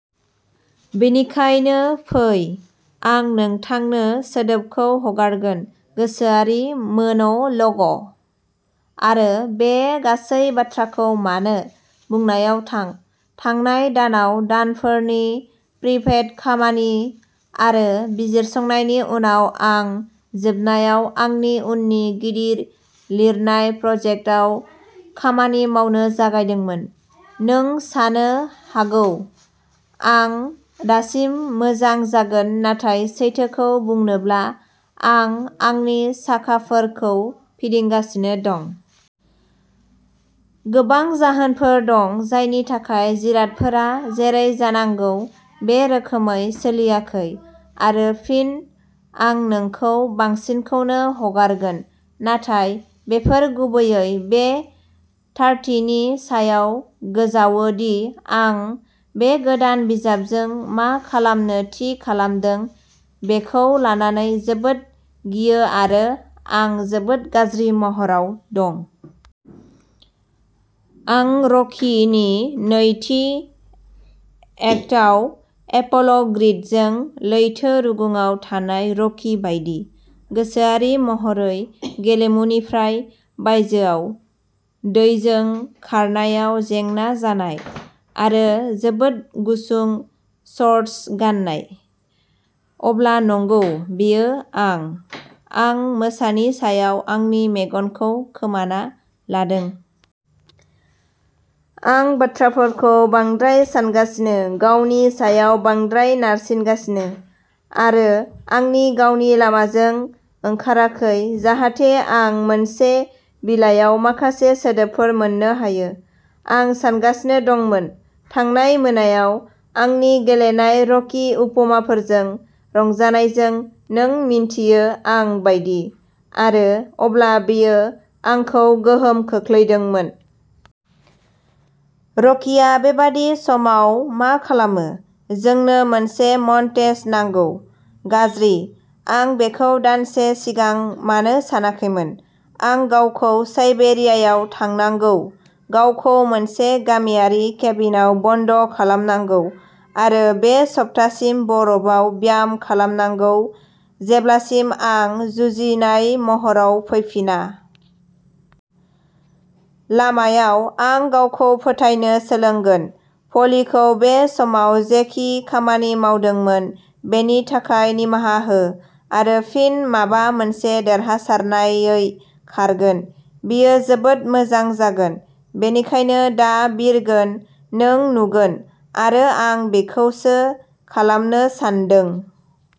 बेनिखायनो फै! आं नोंथांनो सोदोबखौ हगारगोन, गोसोआरि मोन'ल'ग आरो बे गासै बाथ्राखौ "मानो" बुंनायाव थां। थांनाय दानाव-दानफोरनि प्रिपेट खामानि आरो बिजिरसंनायनि उनाव-आं जोबनायाव आंनि उननि गिदिर लिरनाय प्रजेक्टआव खामानि मावनो जागायदोंमोन। नों सानो हागौ आं दासिम मोजां जागोन, नाथाय, सैथोखौ बुंनोब्ला, आं आंनि साखाफोरखौ फिदिंगासिनो दं। गोबां जाहोनफोर दं जायनि थाखाय जिरादफोरा जेरै जानांगौ बे रोखोमै सोलियाखै-आरो फिन, आं नोंखौ बांसिनखौनो हगारगोन। नाथाय बेफोर गुबैयै बे थारथिनि सायाव गोजावो दि आं बे गोदान बिजाबजों मा खालामनो थि खालामदों बेखौ लानानै जोबोद गियोआरो आं जोबोद गाज्रि महराव दं। आं रकि नि नैथि एक्टआव एप'ल'क्रिडजों लैथो रुगुंआव थानाय रकि बायदि। गोसोआरि महरै गेलेमुनिफ्राय बायजोआव, दैजों खारनायाव जेंना जानाय, आरो जोबोद गुसुं शर्टस गान्नाय। अब्ला नंगौ, बेयो आं। आं मोसानि सायाव आंनि मेगनखौ खोमाना लादों। आं बाथ्राफोरखौ बांद्राय सानगासिनो, गावनि सायाव बांद्राय नारसिनगासिनो, आरो आंनि गावनि लामाजों ओंखाराखै जाहाथे आं मोनसे बिलायाव माखासे सोदोबफोर मोन्नो हायो। आं सानगासिनो दंमोन। थांनाय मोनायाव, आंनि गेलेनाय रकि उपमाफोरजों रंजानायजों-- नों मिन्थियो आं बायदि-- आरो अब्ला बेयो आंखौ गोहोम खोख्लैदोंमोन। रकिआ बेबादि समाव मा खालामो? जोंनो मोनसे मन्टेज नांगौ। गाज्रि, आं बेखौ दानसे सिगां मानो सानाखैमोन? आं गावखौ साइबेरियायाव थांनांगौ, गावखौ मोनसे गामियारि केबिनआव बन्द'खालामनांगौ, आरो बा सप्तासिम बरफआव ब्याम खालामनांगौ जेब्लासिम आं जुजिनाय महराव फैफिना। लामायाव, आं गावखौ फोथायनो सोलोंगोन, प'लिखौ बे समाव जेखि खामानि मावदोंमोन बिनि थाखाय निमाहा हो, आरो फिन माबा मोनसे देरहासारनायै खारगोन! बेयो जोबोद मोजां जागोन! बेनिखायनो दा बिरगोन, नों नुगोन। आरो आं बेखौसो खालामनो सानदों।